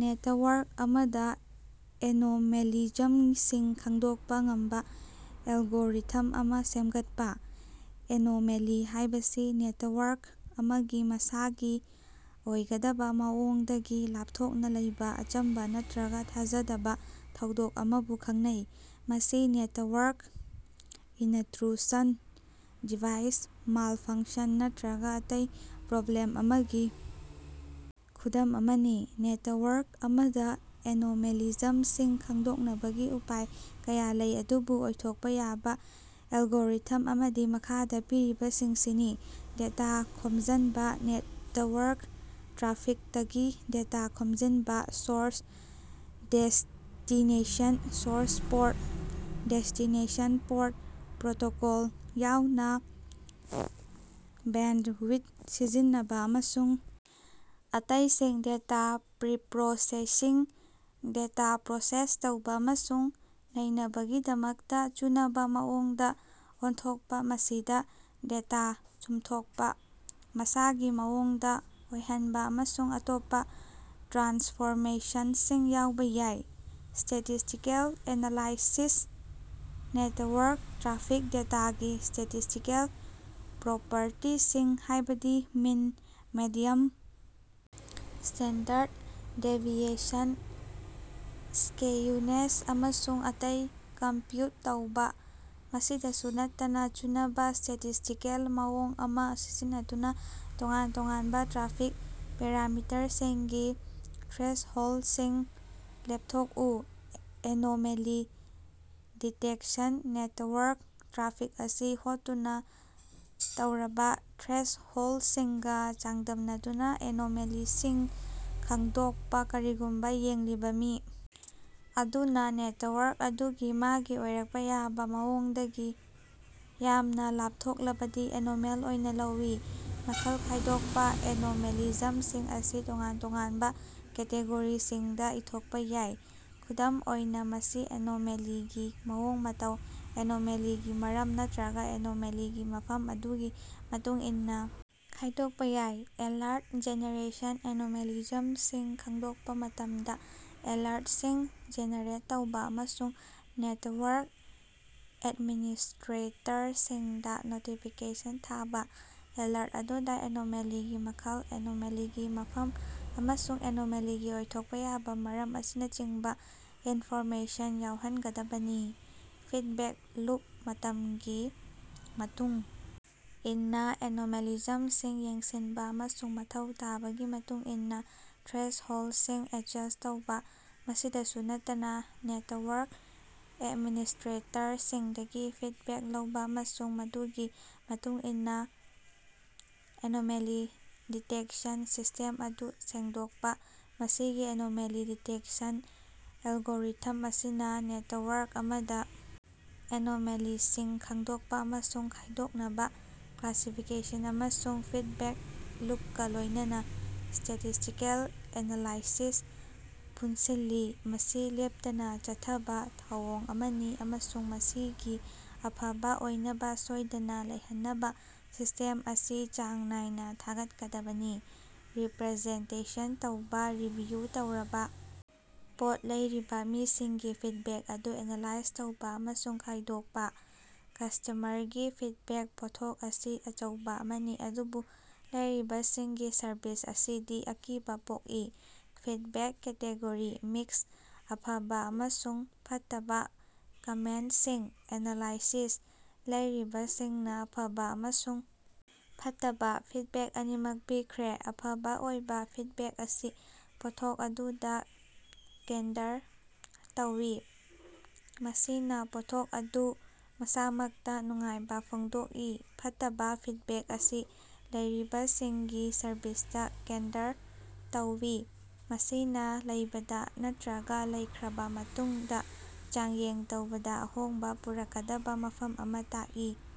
Network ꯑꯃꯗ ꯑꯦꯅꯣꯃꯦꯂꯤꯖꯝꯁꯤꯡ ꯈꯪꯗꯣꯛꯄ ꯉꯝꯕ ꯑꯦꯜꯒꯣꯔꯤꯊꯝ ꯑꯃ ꯁꯦꯝꯒꯠꯄ ꯫ ꯑꯦꯅꯣꯃꯦꯂꯤ ꯍꯥꯢꯕꯁꯤ ꯅꯦꯇꯋꯥꯔꯛ ꯑꯃꯒꯤ ꯃꯁꯥꯒꯤ ꯑꯣꯏꯒꯗꯕ ꯃꯑꯣꯡꯗꯒꯤ ꯂꯥꯞꯊꯣꯛꯅ ꯂꯩꯕꯥ ꯑꯆꯝꯕ ꯅꯠꯇ꯭ꯔꯒ ꯊꯥꯖꯗꯕ ꯊꯧꯗꯣꯛ ꯑꯃꯕꯨ ꯈꯪꯅꯩ꯫ ꯃꯁꯤ ꯅꯦꯇꯋꯥꯔꯛ ꯏꯅꯇ꯭ꯔꯨꯁꯟ, ꯗꯤꯚꯥꯏꯁ ꯃꯥꯜꯐꯡꯁꯟ ꯅꯠꯇ꯭ꯔꯒ ꯑꯇꯩ ꯄ꯭ꯔꯣꯕ꯭ꯂꯦꯝ ꯑꯃꯒꯤ ꯈꯨꯗꯝ ꯑꯃꯅꯤ꯫ ꯅꯦꯇꯋꯥꯔꯛ ꯑꯃꯗ ꯑꯦꯅꯣꯃꯦꯂꯤꯖꯝꯁꯤꯡ ꯈꯪꯗꯣꯛꯅꯕꯒꯤ ꯎꯄꯥꯏ ꯀꯌꯥ ꯂꯩ꯫ ꯑꯗꯨꯕꯨ ꯑꯣꯏꯊꯣꯛꯄ ꯌꯥꯕ ꯑꯦꯜꯒꯣꯔꯤꯊꯝ ꯑꯃꯗꯤ ꯃꯈꯥꯗ ꯄꯤꯔꯤꯕꯁꯤꯡꯁꯤꯅꯤ ꯗꯦꯇꯥ ꯈꯣꯝꯖꯟꯕ ꯅꯦꯇꯋꯥꯔꯛ ꯇ꯭ꯔꯥꯐꯤꯛꯇꯒꯤ ꯗꯦꯇꯥ ꯈꯣꯝꯖꯤꯟꯕ, source, destination, source port, destination port, protocol ꯌꯥꯎꯅꯥ꯫ ꯕꯦꯟꯗꯋꯤꯊ ꯁꯤꯖꯤꯟꯅꯕ ꯑꯃꯁꯨꯡ ꯑꯇꯩꯁꯤꯡ꯫ ꯗꯦꯇꯥ ꯄ꯭ꯔꯤꯄ꯭ꯔꯣꯁꯦꯁꯤꯡ ꯗꯦꯇꯥ ꯄ꯭ꯔꯣꯁꯦꯁ ꯇꯧꯕꯥ ꯑꯃꯁꯨꯡ ꯅꯩꯅꯕꯒꯤꯗꯃꯛꯇ ꯆꯨꯅꯕ ꯃꯑꯣꯡꯗ ꯑꯣꯟꯊꯣꯛꯄ꯫ ꯃꯁꯤꯗ ꯗꯦꯇꯥ ꯆꯨꯝꯊꯣꯛꯄ, ꯃꯁꯥꯒꯤ ꯃꯑꯣꯡꯗ ꯑꯣꯏꯍꯟꯕ ꯑꯃꯁꯨꯡ ꯑꯇꯣꯞꯄ ꯇ꯭ꯔꯥꯟꯁꯐꯣꯔꯃꯦꯁꯟꯁꯤꯡ ꯌꯥꯎꯕ ꯌꯥꯏ꯫ ꯁ꯭ꯇꯦꯇꯤꯁꯇꯤꯀꯦꯜ ꯑꯦꯅꯥꯂꯥꯏꯁꯤꯁ ꯅꯦꯇꯋꯥꯔꯛ ꯇ꯭ꯔꯥꯐꯤꯛ ꯗꯦꯇꯥꯒꯤ ꯁ꯭ꯇꯦꯇꯤꯁꯇꯤꯀꯦꯜ ꯄ꯭ꯔꯣꯄꯔꯇꯤꯁꯤꯡ ꯍꯥꯢꯕꯗꯤ mean, median, standard deviation, skewness ꯑꯃꯁꯨꯡ ꯑꯇꯩ ꯀꯝꯄ꯭ꯌꯨꯠ ꯇꯧꯕꯥ꯫ ꯃꯁꯤꯗꯁꯨ ꯅꯠꯇꯅ ꯆꯨꯅꯕ ꯁ꯭ꯇꯦꯇꯤꯁꯇꯤꯀꯦꯜ ꯃꯑꯣꯡ ꯑꯃ ꯁꯤꯖꯤꯟꯅꯗꯨꯅ ꯇꯣꯉꯥꯟ-ꯇꯣꯉꯥꯟꯕ ꯇ꯭ꯔꯥꯐꯤꯛ ꯄꯦꯔꯥꯃꯤꯇꯔꯁꯤꯡꯒꯤ ꯊ꯭ꯔꯦꯁꯍꯣꯜꯗꯁꯤꯡ ꯂꯦꯞꯊꯣꯛꯎ꯫ ꯑꯦꯅꯣꯃꯦꯂꯤ ꯗꯤꯇꯦꯛꯁꯟ ꯅꯦꯇꯋꯥꯔꯛ ꯇ꯭ꯔꯥꯐꯤꯛ ꯑꯁꯤ ꯍꯣꯠꯇꯨꯅ ꯇꯧꯔꯕ ꯊ꯭ꯔꯦꯁꯍꯣꯜꯗꯁꯤꯡꯒ ꯆꯥꯡꯗꯝꯅꯗꯨꯅ ꯑꯦꯅꯣꯃꯦꯂꯤꯁꯤꯡ ꯈꯡꯗꯣꯛꯄ꯫ ꯀꯔꯤꯒꯨꯝꯕ ꯌꯦꯡꯂꯤꯕ ꯃꯤ ꯑꯗꯨꯅ ꯅꯦꯇꯋꯥꯔꯛ ꯑꯗꯨꯒꯤ ꯃꯥꯒꯤ ꯑꯣꯏꯔꯛꯄ ꯌꯥꯕ ꯃꯑꯣꯡꯗꯒꯤ ꯌꯥꯝꯅ ꯂꯥꯞꯊꯣꯛꯂꯕꯗꯤ ꯑꯦꯅꯣꯃꯦꯜ ꯑꯣꯏꯅ ꯂꯧꯏ꯫ ꯃꯈꯜ ꯈꯥꯏꯗꯣꯛꯄ: ꯑꯦꯅꯣꯃꯦꯂꯤꯖꯝꯁꯤꯡ ꯑꯁꯤ ꯇꯣꯉꯥꯟ ꯇꯣꯉꯥꯟꯕ ꯀꯦꯇꯦꯒꯣꯔꯤꯁꯤꯡꯗ ꯏꯗꯣꯛꯄ ꯌꯥꯏ꯫ ꯈꯨꯗꯝ ꯑꯣꯏꯅ ꯃꯁꯤ ꯑꯦꯅꯣꯃꯦꯂꯤꯒꯤ ꯃꯑꯣꯡ-ꯃꯇꯧ, ꯑꯦꯅꯣꯃꯦꯂꯤꯒꯤ ꯃꯔꯝ ꯅꯠꯇ꯭ꯔꯒꯥ ꯑꯦꯅꯣꯃꯦꯂꯤꯒꯤ ꯃꯐꯝ ꯑꯗꯨꯒꯤ ꯃꯇꯨꯡꯏꯟꯅ ꯈꯥꯏꯗꯣꯛꯄ ꯌꯥꯏ꯫ ꯑꯦꯂꯔꯠ ꯖꯦꯅꯦꯔꯦꯁꯟ: ꯑꯦꯅꯣꯃꯦꯂꯤꯖꯝꯁꯤꯡ ꯈꯡꯗꯣꯛꯄ ꯃꯇꯝꯗ ꯑꯦꯂꯔꯇꯁꯤꯡ ꯖꯦꯅꯦꯔꯦꯠ ꯇꯧꯕꯥ ꯑꯃꯁꯨꯡ ꯅꯦꯇꯋꯥꯔꯛ ꯑꯦꯗꯃꯤꯅꯤꯁꯇ꯭ꯔꯦꯇꯔꯁꯤꯡꯗ ꯅꯣꯇꯤꯐꯤꯀꯦꯁꯟ ꯊꯥꯕꯥ꯫ ꯑꯦꯂꯔꯠ ꯑꯗꯨꯗ ꯑꯦꯅꯣꯃꯦꯂꯤꯒꯤ ꯃꯈꯜ, ꯑꯦꯅꯣꯃꯦꯂꯤꯒꯤ ꯃꯐꯝ ꯑꯃꯁꯨꯡ ꯑꯦꯅꯣꯃꯦꯂꯤꯒꯤ ꯑꯣꯏꯊꯣꯛꯄ ꯌꯥꯕ ꯃꯔꯝ ꯑꯁꯤꯅꯆꯤꯡꯕ ꯏꯟꯐꯣꯔꯃꯦꯁꯟ ꯌꯥꯎꯍꯟꯒꯗꯕꯅꯤ꯫ ꯐꯤꯗꯕꯦꯛ ꯂꯨꯞ ꯃꯇꯝꯒꯤ ꯃꯇꯨꯡ ꯏꯟꯅ ꯑꯦꯅꯣꯃꯦꯂꯤꯖꯝꯁꯤꯡ ꯌꯦꯡꯁꯤꯟꯕ ꯑꯃꯁꯨꯡ ꯃꯊꯧ ꯇꯥꯕꯒꯤ ꯃꯇꯨꯡ ꯏꯟꯅ ꯊ꯭ꯔꯦꯁꯍꯣꯜꯗꯁꯤꯡ ꯑꯦꯗꯖꯁ꯭ꯠ ꯇꯧꯕꯥ꯫ ꯃꯁꯤꯗꯁꯨ ꯅꯠꯇꯅ ꯅꯦꯇꯋꯥꯔꯛ ꯑꯦꯗꯃꯤꯅꯤꯁꯇ꯭ꯔꯦꯇꯔꯁꯤꯡꯗꯒꯤ ꯐꯤꯗꯕꯦꯛ ꯂꯧꯕ ꯑꯃꯁꯨꯡ ꯃꯗꯨꯒꯤ ꯃꯇꯨꯡꯏꯟꯅ ꯑꯦꯅꯣꯃꯦꯂꯤ ꯗꯤꯇꯦꯛꯁꯟ ꯁꯤꯁꯇꯦꯝ ꯑꯗꯨ ꯁꯦꯡꯗꯣꯛꯄ ꯫ ꯃꯁꯤꯒꯤ ꯑꯦꯅꯣꯃꯦꯂꯤ ꯗꯤꯇꯦꯛꯇꯦꯁꯟ ꯑꯦꯜꯒꯣꯔꯤꯊꯝ ꯑꯁꯤꯅ ꯅꯦꯇꯋꯥꯔꯛ ꯑꯃꯗ ꯑꯦꯅꯣꯃꯦꯂꯤꯁꯤꯡ ꯈꯡꯗꯣꯛꯄ ꯑꯃꯁꯨꯡ ꯈꯥꯏꯗꯣꯛꯅꯕ ꯀ꯭ꯂꯥꯁꯤꯐꯤꯀꯦꯁꯟ ꯑꯃꯁꯨꯡ ꯐꯤꯗꯕꯦꯛ ꯂꯨꯞꯀ ꯂꯣꯢꯅꯥꯅ ꯁ꯭ꯇꯦꯇꯤꯁꯇꯤꯀꯦꯜ ꯑꯦꯅꯥꯂꯥꯏꯁꯤꯁ ꯄꯨꯟꯁꯤꯜꯂꯤ꯫ ꯃꯁꯤ ꯂꯦꯞꯇꯅ ꯆꯠꯊꯕ ꯊꯧꯑꯣꯡ ꯑꯃꯅꯤ ꯑꯃꯁꯨꯡ ꯃꯁꯤꯒꯤ ꯑꯐꯕ ꯑꯣꯏꯅꯕ ꯁꯣꯢꯗꯅ ꯂꯩꯍꯟꯅꯕ ꯁꯤꯁꯇꯦꯝ ꯑꯁꯤ ꯆꯥꯡ ꯅꯥꯏꯅ ꯊꯥꯒꯠꯀꯗꯕꯅꯤ ꯫ ꯔꯤꯄ꯭ꯔꯖꯦꯟꯇꯦꯁꯟ ꯇꯧꯕꯥ꯫ ꯔꯤꯚꯤꯌꯨ ꯇꯧꯔꯕꯥ ꯄꯣꯠ ꯂꯩꯔꯤꯕ ꯃꯤꯁꯤꯡꯒꯤ ꯐꯤꯗꯕꯦꯛ ꯑꯗꯨ ꯑꯦꯅꯥꯂꯥꯏꯖ ꯇꯧꯕꯥ ꯑꯃꯁꯨꯡ ꯈꯥꯏꯗꯣꯛꯄ ꯫ ꯀꯁꯇꯃꯔꯒꯤ ꯐꯤꯗꯕꯦꯛ: ꯄꯣꯠꯊꯣꯛ ꯑꯁꯤ ꯑꯆꯧꯕꯥ ꯑꯃꯅꯤ ꯑꯗꯨꯕꯨ ꯂꯩꯔꯤꯕꯁꯤꯡꯒꯤ ꯁꯔꯕꯤꯁ ꯑꯁꯤꯗꯤ ꯑꯀꯤꯕꯥ ꯄꯣꯛꯏ꯫ ꯐꯤꯗꯕꯦꯛ ꯀꯦꯇꯦꯒꯣꯔꯤ: ꯃꯤꯛꯁ (ꯑꯐꯕ ꯑꯃꯁꯨꯡ ꯐꯠꯇꯕ ꯀꯃꯦꯟꯇꯁꯤꯡ) ꯑꯦꯅꯥꯂꯥꯏꯁꯤꯁ: ꯂꯩꯔꯤꯕꯁꯤꯡꯅ ꯑꯐꯕ ꯑꯃꯁꯨꯡ ꯐꯠꯇꯕ ꯐꯤꯗꯕꯦꯛ ꯑꯅꯤꯃꯛ ꯄꯤꯈ꯭ꯔꯦ꯫ ꯑꯐꯕ ꯑꯣꯏꯕ ꯐꯤꯗꯕꯦꯛ ꯑꯁꯤ ꯄꯣꯠꯊꯣꯛ ꯑꯗꯨꯗ ꯀꯦꯟꯗꯔ ꯇꯧꯏ, ꯃꯁꯤꯅꯥ ꯄꯣꯠꯊꯣꯛ ꯑꯗꯨ ꯃꯁꯥꯃꯛꯇ ꯅꯨꯡꯉꯥꯏꯕ ꯐꯣꯡꯗꯣꯛꯏ꯫ ꯐꯠꯇꯕ ꯐꯤꯗꯕꯦꯛ ꯑꯁꯤ ꯂꯩꯔꯤꯕꯁꯤꯡꯒꯤ ꯁꯔꯚꯤꯁꯇ ꯀꯦꯟꯗꯔ ꯇꯧꯏ ꯃꯁꯤꯅꯥ ꯂꯩꯕꯗ ꯅꯠꯇ꯭ꯔꯒ ꯂꯩꯈ꯭ꯔꯕ ꯃꯇꯨꯡꯗ ꯆꯥꯡꯌꯦꯡ ꯇꯧꯕꯗ ꯑꯍꯣꯡꯕ ꯄꯨꯔꯛꯀꯗꯕ ꯃꯐꯝ ꯑꯃ ꯇꯥꯛꯏ꯫